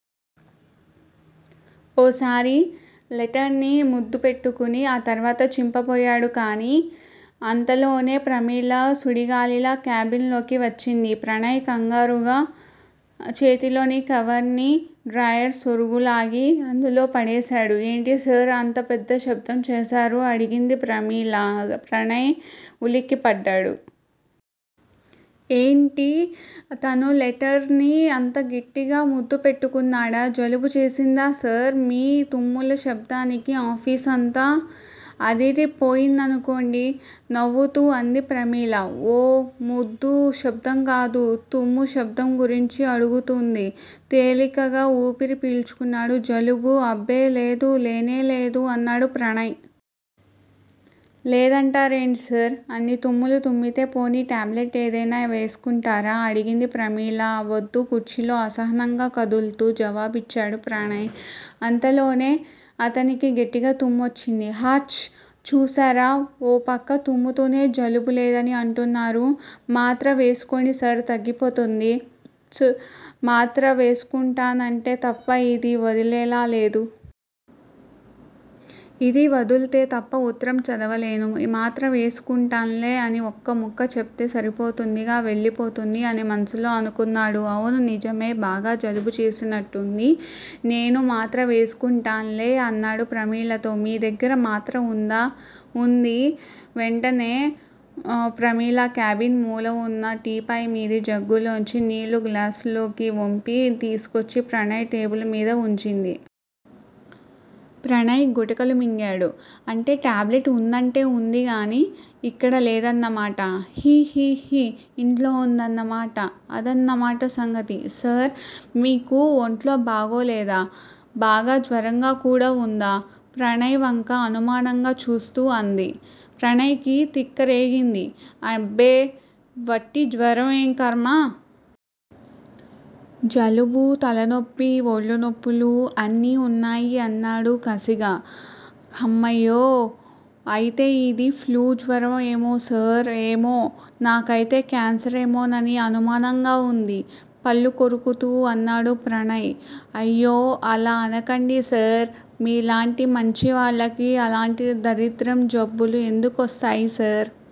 ఓసారి లెటర్ ని ముద్దు పెట్టుకుని ఆ తర్వాత చింపబోయాడు. కానీ అంతలోనే ప్రమీల సుడిగాలిలా కాబిన్ లోకి వచ్చింది. ప్రణయ్ కంగారుగా చేతిలోని కవర్ ని డ్రాయర్ సొరుగు లాగి అందులో పడేసాడు. ఏంటిసార్ అంత పెద్ద శబ్దం చేశారు? అడిగింది ప్రమీల. ప్రణయ్ ఉలిక్కిపడ్డాడు. ఏంటీ? తను లెటర్ ని అంత గట్టిగా ముద్దు పెట్టుకున్నాడా? జలుబు చేసిందా సార్? మీ తుమ్ముల శబ్దానికి ఆఫీసంతా అదిరి పోయిందనుకోండి నవ్వుతూ అంది ప్రమీల. ఓ. ముద్దు శబ్దం కాదు! తుమ్ము శబ్దం గురించి అడుగుతూంది. తేలికగా ఊపిరి పీల్చుకున్నాడు. జలుబా అబ్బే లేదు లేనే లేదు అన్నాడు ప్రణయ్. లేదంటారేంటిసార్. అన్ని తుమ్ములు తుమ్మితే పోనీ టాబ్లెట్ ఏదైనా వేస్కుంటారా? అడిగింది ప్రమీల. వద్దు కుర్చీలో అసహనంగా కదుల్తూ జవాబిచ్చాడు ప్రణయ్ అంతలోనే అతనికి గట్టిగా తుమ్మొచ్చింది. హాచ్! చూశారా? ఓ పక్క తుమ్ముతూనే జలుబు లేదని అంటున్నారు. మాత్ర వేస్కోండి సార్ తగ్గిపోతుంది. 'ప్చ్ మాత్ర వేస్కుంటానంటే తప్ప ఇది వదిలేలా లేదు. ఇది వదుల్తే తప్ప ఉత్తరం చదవలేను. మాత్ర వేస్కుంటాన్లే అని ఒక్క ముక్క చెప్తే సరిపోతుందిగా వెళ్ళిపోతుంది' అని మనసులో అనుకున్నాడు. అవును నిజమే! బాగా జలుబు చేసినట్టుంది నేను మాత్ర వేసుకుంటాన్లే అన్నాడు ప్రమీలతో. మీ దగ్గర మాత్ర వుందా? ఉంది. వెంటనే ప్రమీల క్యాబిన్ మూల వున్నా టీపాయ్ మీది జగ్గులోంచి నీళ్ళు గ్లాసులోకి ఒంపి తీసుకొచ్చి ప్రణయ్ టేబుల్ మీద వుంచింది. ప్రణయ్ గుటకలు మింగాడు. అంటే టాబ్లెట్ వుందంటే వుందిగానీ ఇక్కడ లేదన్నమాట! హి హిహి ఇంట్లో వుందన్నమాట! అదన్నమాట సంగతి. సార్ మీకు ఒంట్లో బాగోలేదా? బాగా జ్వరంగా కూడా వుందా? ప్రణయ్ వంక అనుమానంగా చూస్తూ అంది. ప్రణయ్ కి తిక్క రేగింది. అబ్బే వట్టి జ్వరం ఏం ఖర్మ. జలుబూ, తలనొప్పి, ఒళ్ళు నొప్పులూ అన్నీ వున్నాయి అన్నాడు కసిగా. హమ్మయ్యో అయితే ఇది ఫ్లూజ్వరం ఏమో సార్? ఏమో! నాకైతే క్యాన్సరేమోనని అనుమానంగా వుంది పళ్ళు కొరుకుతూ అన్నాడు ప్రణయ్. అయ్యో! అలా అనకండిసార్! మీలాంటి మంచివాళ్ళకి అలాంటి దరిద్రం జబ్బులు ఎందుకొస్తాయి సార్?